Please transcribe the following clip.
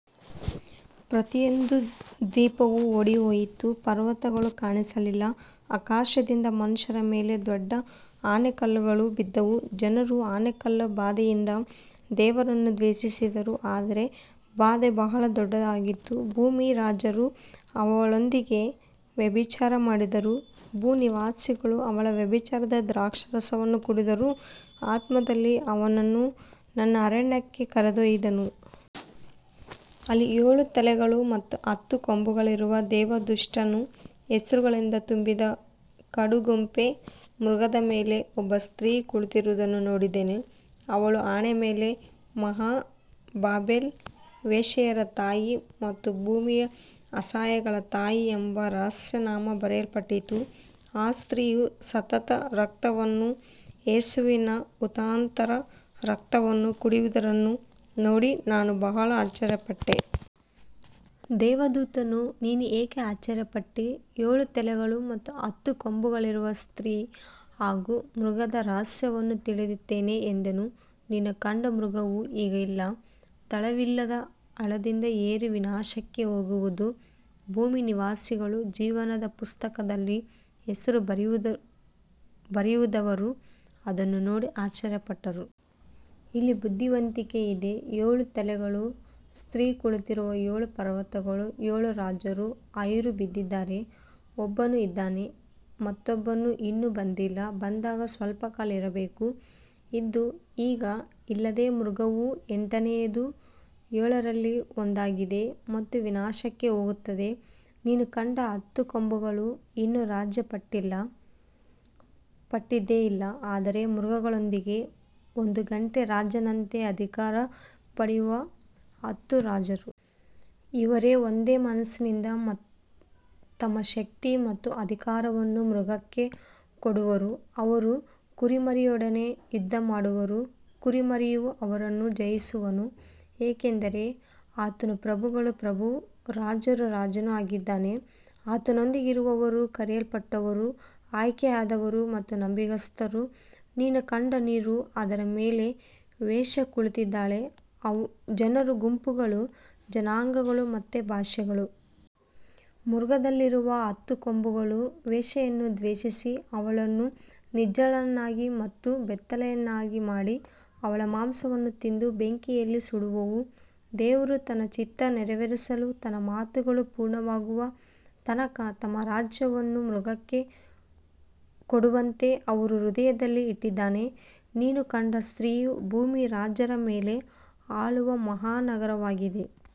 ಪ್ರತಿಯೊಂದು ದ್ವೀಪವೂ ಓಡಿಹೋಯಿತು, ಪರ್ವತಗಳು ಕಾಣಿಸಲಿಲ್ಲ. ಆಕಾಶದಿಂದ ಮನುಷ್ಯರ ಮೇಲೆ ದೊಡ್ಡ ಆಲಿಕಲ್ಲುಗಳು ಬಿದ್ದವು, ಜನರು ಆಲಿಕಲ್ಲಿನ ಬಾಧೆಯಿಂದ ದೇವರನ್ನು ದೂಷಿಸಿದರು, ಅದರ ಬಾಧೆ ಬಹಳ ದೊಡ್ಡದಾಗಿತ್ತು. ಭೂಮಿಯ ರಾಜರು ಅವಳೊಂದಿಗೆ ವ್ಯಭಿಚಾರ ಮಾಡಿದರು, ಭೂನಿವಾಸಿಗಳು ಅವಳ ವ್ಯಭಿಚಾರದ ದ್ರಾಕ್ಷಾರಸವನ್ನು ಕುಡಿದರು. ಆತ್ಮದಲ್ಲಿ ಅವನು ನನ್ನನ್ನು ಅರಣ್ಯಕ್ಕೆ ಕರೆದೊಯ್ದನು. ಅಲ್ಲಿ ಏಳು ತಲೆಗಳು ಮತ್ತು ಹತ್ತು ಕೊಂಬುಗಳಿರುವ, ದೇವದೂಷಣೆಯ ಹೆಸರುಗಳಿಂದ ತುಂಬಿದ ಕಡುಗೆಂಪು ಮೃಗದ ಮೇಲೆ ಒಬ್ಬ ಸ್ತ್ರೀ ಕುಳಿತಿರುವುದನ್ನು ನೋಡಿದೆ. ಅವಳ ಹಣೆಯ ಮೇಲೆ, ಮಹಾ ಬಾಬೆಲು, ವೇಶ್ಯೆಯರ ತಾಯಿ ಮತ್ತು ಭೂಮಿಯ ಅಸಹ್ಯಗಳ ತಾಯಿ ಎಂಬ ರಹಸ್ಯನಾಮ ಬರೆಯಲ್ಪಟ್ಟಿತ್ತು. ಆ ಸ್ತ್ರೀಯು ಸಂತರ ರಕ್ತವನ್ನೂ ಯೇಸುವಿನ ಹುತಾತ್ಮರ ರಕ್ತವನ್ನೂ ಕುಡಿದಿರುವುದನ್ನು ನೋಡಿ ನಾನು ಬಹಳ ಆಶ್ಚರ್ಯಪಟ್ಟೆ. ದೇವದೂತನು, ನೀನು ಏಕೆ ಆಶ್ಚರ್ಯಪಟ್ಟೆ, ಏಳು ತಲೆಗಳು ಮತ್ತು ಹತ್ತು ಕೊಂಬುಗಳಿರುವ ಸ್ತ್ರೀ ಹಾಗೂ ಮೃಗದ ರಹಸ್ಯವನ್ನು ತಿಳಿಸುತ್ತೇನೆ ಎಂದನು. ನೀನು ಕಂಡ ಮೃಗವು ಈಗ ಇಲ್ಲ, ತಳವಿಲ್ಲದ ಹಳ್ಳದಿಂದ ಏರಿ ವಿನಾಶಕ್ಕೆ ಹೋಗುವುದು. ಭೂಮಿಯ ನಿವಾಸಿಗಳು, ಜೀವನದ ಪುಸ್ತಕದಲ್ಲಿ ಹೆಸರು ಬರೆಯದವರು, ಅದನ್ನು ನೋಡಿ ಆಶ್ಚರ್ಯಪಡುವರು. ಇಲ್ಲಿ ಬುದ್ಧಿವಂತಿಕೆ ಇದೆ. ಏಳು ತಲೆಗಳು ಸ್ತ್ರೀ ಕುಳಿತಿರುವ ಏಳು ಪರ್ವತಗಳು, ಏಳು ರಾಜರು. ಐವರು ಬಿದ್ದಿದ್ದಾರೆ, ಒಬ್ಬನು ಇದ್ದಾನೆ, ಮತ್ತೊಬ್ಬನು ಇನ್ನೂ ಬಂದಿಲ್ಲ, ಬಂದಾಗ ಸ್ವಲ್ಪಕಾಲ ಇರಬೇಕು. ಇದ್ದು ಈಗ ಇಲ್ಲದ ಮೃಗವು ಎಂಟನೆಯದು, ಏಳರಲ್ಲಿ ಒಂದಾಗಿದೆ ಮತ್ತು ವಿನಾಶಕ್ಕೆ ಹೋಗುತ್ತದೆ. ನೀನು ಕಂಡ ಹತ್ತು ಕೊಂಬುಗಳು ಇನ್ನೂ ರಾಜ್ಯ ಪಡೆದಿಲ್ಲ, ಆದರೆ ಮೃಗದೊಂದಿಗೆ ಒಂದು ಗಂಟೆ ರಾಜರಂತೆ ಅಧಿಕಾರ ಪಡೆಯುವ ಹತ್ತು ರಾಜರು. ಇವರು ಒಂದೇ ಮನಸ್ಸಿನಿಂದ ತಮ್ಮ ಶಕ್ತಿ ಮತ್ತು ಅಧಿಕಾರವನ್ನು ಮೃಗಕ್ಕೆ ಕೊಡುವರು. ಅವರು ಕುರಿಮರಿಯೊಡನೆ ಯುದ್ಧ ಮಾಡುವರು, ಕುರಿಮರಿಯು ಅವರನ್ನು ಜಯಿಸುವನು, ಏಕೆಂದರೆ ಆತನು ಪ್ರಭುಗಳ ಪ್ರಭುವೂ ರಾಜರ ರಾಜನೂ ಆಗಿದ್ದಾನೆ, ಆತನೊಂದಿಗಿರುವವರು ಕರೆಯಲ್ಪಟ್ಟವರು, ಆಯ್ಕೆಯಾದವರು ಮತ್ತು ನಂಬಿಗಸ್ತರು. ನೀನು ಕಂಡ ನೀರು, ಅದರ ಮೇಲೆ ವೇಶ್ಯೆ ಕುಳಿತಿದ್ದಾಳೆ, ಜನರು, ಗುಂಪುಗಳು, ಜನಾಂಗಗಳು ಮತ್ತು ಭಾಷೆಗಳು. ಮೃಗದಲ್ಲಿರುವ ಹತ್ತು ಕೊಂಬುಗಳು ವೇಶ್ಯೆಯನ್ನು ದ್ವೇಷಿಸಿ, ಅವಳನ್ನು ನಿರ್ಜನಳನ್ನಾಗಿ ಮತ್ತು ಬೆತ್ತಲೆಯನ್ನಾಗಿ ಮಾಡಿ, ಅವಳ ಮಾಂಸವನ್ನು ತಿಂದು ಬೆಂಕಿಯಲ್ಲಿ ಸುಡುವವು. ದೇವರು ತನ್ನ ಚಿತ್ತ ನೆರವೇರಿಸಲು, ತನ್ನ ಮಾತುಗಳು ಪೂರ್ಣವಾಗುವ ತನಕ ತಮ್ಮ ರಾಜ್ಯವನ್ನು ಮೃಗಕ್ಕೆ ಕೊಡುವಂತೆ ಅವರ ಹೃದಯದಲ್ಲಿ ಇಟ್ಟಿದ್ದಾನೆ. ನೀನು ಕಂಡ ಸ್ತ್ರೀಯು ಭೂಮಿಯ ರಾಜರ ಮೇಲೆ ಆಳುವ ಮಹಾನಗರವಾಗಿದೆ.